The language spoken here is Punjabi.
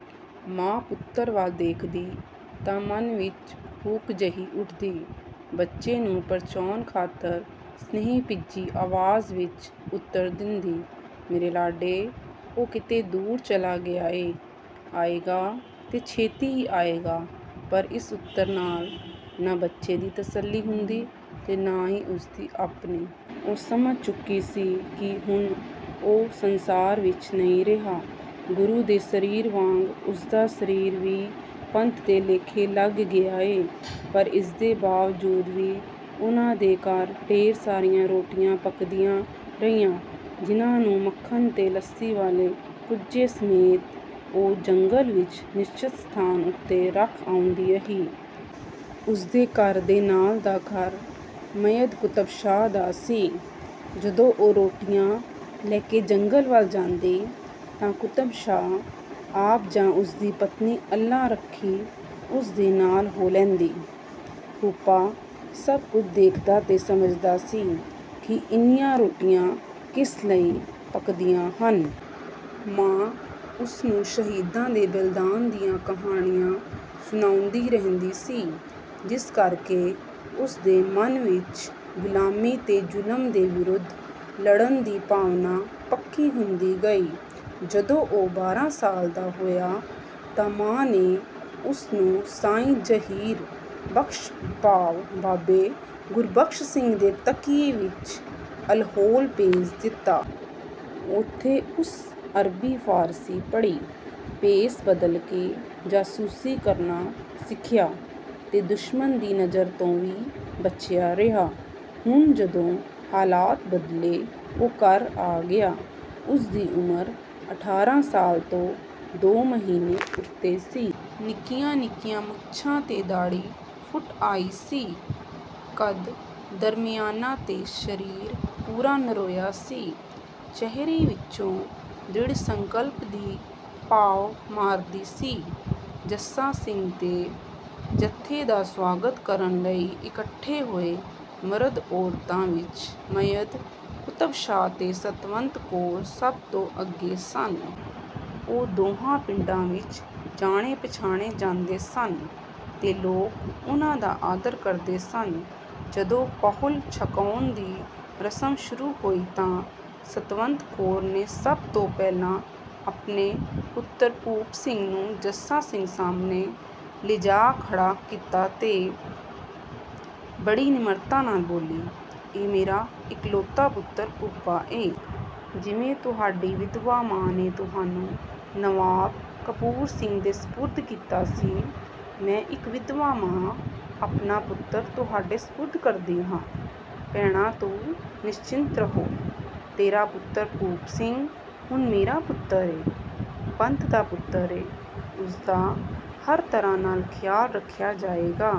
ਮਾਂ ਪੁੱਤਰ ਵੱਲ ਦੇਖਦੀ ਤਾਂ ਮਨ ਵਿੱਚ ਹੂਕ ਜਿਹੀ ਉੱਠਦੀ। ਬੱਚੇ ਨੂੰ ਪਰਚਾਉਣ ਖਾਤਰ ਸਨੇਹ-ਭਿੱਜੀ ਆਵਾਜ਼ ਵਿੱਚ ਉੱਤਰ ਦਿੰਦੀ, "ਮੇਰੇ ਲਾਡੇ, ਉਹ ਕਿਤੇ ਦੂਰ ਚਲਾ ਗਿਆ ਏ। ਆਏਗਾ, ਤੇ ਛੇਤੀ ਹੀ ਆਏਗਾ।" ਪਰ ਇਸ ਉੱਤਰ ਨਾਲ ਨਾ ਬੱਚੇ ਦੀ ਤਸੱਲੀ ਹੁੰਦੀ ਤੇ ਨਾ ਹੀ ਉਸਦੀ ਆਪਣੀ। ਉਹ ਸਮਝ ਚੁੱਕੀ ਸੀ ਕਿ ਹੁਣ ਉਹ ਸੰਸਾਰ ਵਿੱਚ ਨਹੀਂ ਰਿਹਾ। ਗੁਰੂ ਦੇ ਸਰੀਰ ਵਾਂਗ ਉਸਦਾ ਸਰੀਰ ਵੀ ਪੰਥ ਦੇ ਲੇਖੇ ਲੱਗ ਗਿਆ ਏ। ਪਰ ਇਸਦੇ ਬਾਵਜੂਦ ਵੀ ਉਹਨਾਂ ਦੇ ਘਰ ਢੇਰ ਸਾਰੀਆਂ ਰੋਟੀਆਂ ਪੱਕਦੀਆਂ ਰਹੀਆਂ, ਜਿਹਨਾਂ ਨੂੰ ਮੱਖਣ ਤੇ ਲੱਸੀ ਵਾਲੇ ਕੁੱਜੇ ਸਮੇਤ, ਉਹ ਜੰਗਲ ਵਿੱਚ ਨਿਸ਼ਚਤ ਸਥਾਨ ਉੱਤੇ ਰੱਖ ਆਉਂਦੀ ਰਹੀ। ਉਸਦੇ ਘਰ ਦੇ ਨਾਲ ਦਾ ਘਰ ਮੱਯਦ ਕੁਤਬ ਸ਼ਾਹ ਦਾ ਸੀ। ਜਦੋਂ ਉਹ ਰੋਟੀਆਂ ਲੈ ਕੇ ਜੰਗਲ ਵੱਲ ਜਾਂਦੀ ਤਾਂ ਕੁਤਬ ਸ਼ਾਹ ਆਪ ਜਾਂ ਉਸਦੀ ਪਤਨੀ ਅੱਲਾ ਰੱਖੀ ਉਸਦੇ ਨਾਲ ਹੋ ਲੈਂਦੀ। ਭੂਪਾ ਸਭ ਕੁਝ ਦੇਖਦਾ ਤੇ ਸਮਝਦਾ ਸੀ ਕਿ ਇੰਨੀਆਂ ਰੋਟੀਆਂ ਕਿਸ ਲਈ ਪੱਕਦੀਆਂ ਹਨ। ਮਾਂ ਉਸਨੂੰ ਸ਼ਹੀਦਾਂ ਦੇ ਬਲੀਦਾਨ ਦੀਆਂ ਕਹਾਣੀਆਂ ਸੁਣਾਉਂਦੀ ਰਹਿੰਦੀ ਸੀ, ਜਿਸ ਕਰਕੇ ਉਸਦੇ ਮਨ ਵਿੱਚ ਗੁਲਾਮੀ ਤੇ ਜ਼ੁਲਮ ਦੇ ਵਿਰੁੱਧ ਲੜਨ ਦੀ ਭਾਵਨਾ ਪੱਕੀ ਹੁੰਦੀ ਗਈ। ਜਦੋਂ ਉਹ ਬਾਰਾਂ ਸਾਲ ਦਾ ਹੋਇਆ ਤਾਂ ਮਾਂ ਨੇ ਉਸਨੂੰ ਸਾਈਂ ਜ਼ਹੀਰ ਬਖਸ਼ ਭਾਵ ਬਾਬੇ ਗੁਰਬਖਸ਼ ਸਿੰਘ ਦੇ ਤਕੀਏ ਵਿੱਚ ਅਲਹੋਲ ਭੇਜ ਦਿੱਤਾ। ਉੱਥੇ ਉਸ ਅਰਬੀ ਫਾਰਸੀ ਪੜ੍ਹੀ, ਭੇਸ ਬਦਲ ਕੇ ਜਾਸੂਸੀ ਕਰਨਾ ਸਿੱਖਿਆ ਤੇ ਦੁਸ਼ਮਣ ਦੀ ਨਜ਼ਰ ਤੋਂ ਵੀ ਬਚਿਆ ਰਿਹਾ। ਹੁਣ ਜਦੋਂ ਹਾਲਾਤ ਬਦਲੇ, ਉਹ ਘਰ ਆ ਗਿਆ। ਉਸਦੀ ਉਮਰ ਅਠਾਰਾਂ ਸਾਲ ਤੋਂ ਦੋ ਮਹੀਨੇ ਉੱਤੇ ਸੀ। ਨਿੱਕੀਆਂ ਨਿੱਕੀਆਂ ਮੁੱਛਾਂ ਤੇ ਦਾੜ੍ਹੀ ਫੁੱਟ ਆਈ ਸੀ। ਕੱਦ ਦਰਮਿਆਨਾ ਤੇ ਸਰੀਰ ਪੂਰਾ ਨਰੋਆ ਸੀ। ਚਿਹਰੇ ਵਿੱਚੋਂ ਦ੍ਰਿੜ੍ਹ ਸੰਕਲਪ ਦੀ ਭਾਅ ਮਾਰਦੀ ਸੀ। ਜੱਸਾ ਸਿੰਘ ਦੇ ਜੱਥੇ ਦਾ ਸਵਾਗਤ ਕਰਨ ਲਈ ਇਕੱਠੇ ਹੋਏ ਮਰਦ-ਔਰਤਾਂ ਵਿੱਚ ਸੱਯਦ ਕੁਤਬ ਸ਼ਾਹ ਤੇ ਸਤਵੰਤ ਕੌਰ ਸਭ ਤੋਂ ਅੱਗੇ ਸਨ। ਉਹ ਦੋਹਾਂ ਪਿੰਡਾਂ ਵਿੱਚ ਜਾਣੇ-ਪਛਾਣੇ ਜਾਂਦੇ ਸਨ ਤੇ ਲੋਕ ਉਹਨਾਂ ਦਾ ਆਦਰ ਕਰਦੇ ਸਨ। ਜਦੋਂ ਪਾਹੁਲ ਛਕਾਉਣ ਦੀ ਰਸਮ ਸ਼ੁਰੂ ਹੋਈ ਤਾਂ ਸਤਵੰਤ ਕੌਰ ਨੇ ਸਭ ਤੋਂ ਪਹਿਲਾਂ ਆਪਣੇ ਪੁੱਤਰ ਭੂਪ ਸਿੰਘ ਨੂੰ ਜੱਸਾ ਸਿੰਘ ਸਾਹਮਣੇ ਲਿਜਾ ਖੜ੍ਹਾ ਕੀਤਾ ਤੇ ਬੜੀ ਨਿਮਰਤਾ ਨਾਲ ਬੋਲੀ, "ਇਹ ਮੇਰਾ ਇਕਲੌਤਾ ਪੁੱਤਰ ਭੂਪਾ ਏ। ਜਿਵੇਂ ਤੁਹਾਡੀ ਵਿਧਵਾ ਮਾਂ ਨੇ ਤੁਹਾਨੂੰ ਨਵਾਬ ਕਪੂਰ ਸਿੰਘ ਦੇ ਸਪੁਰਦ ਕੀਤਾ ਸੀ, ਮੈਂ ਇੱਕ ਵਿਧਵਾ ਮਾਂ ਆਪਣਾ ਪੁੱਤਰ ਤੁਹਾਡੇ ਸਪੁਰਦ ਕਰਦੀ ਹਾਂ।" "ਭੈਣਾ ਤੂੰ ਨਿਸਚਿੰਤ ਰਹੁ। ਤੇਰਾ ਪੁੱਤਰ ਭੂਪ ਸਿੰਘ ਹੁਣ ਮੇਰਾ ਪੁੱਤਰ ਏ, ਪੰਥ ਦਾ ਪੁੱਤਰ ਏ। ਉਸਦਾ ਹਰ ਤਰ੍ਹਾਂ ਨਾਲ ਖਿਆਲ ਰੱਖਿਆ ਜਾਏਗਾ।"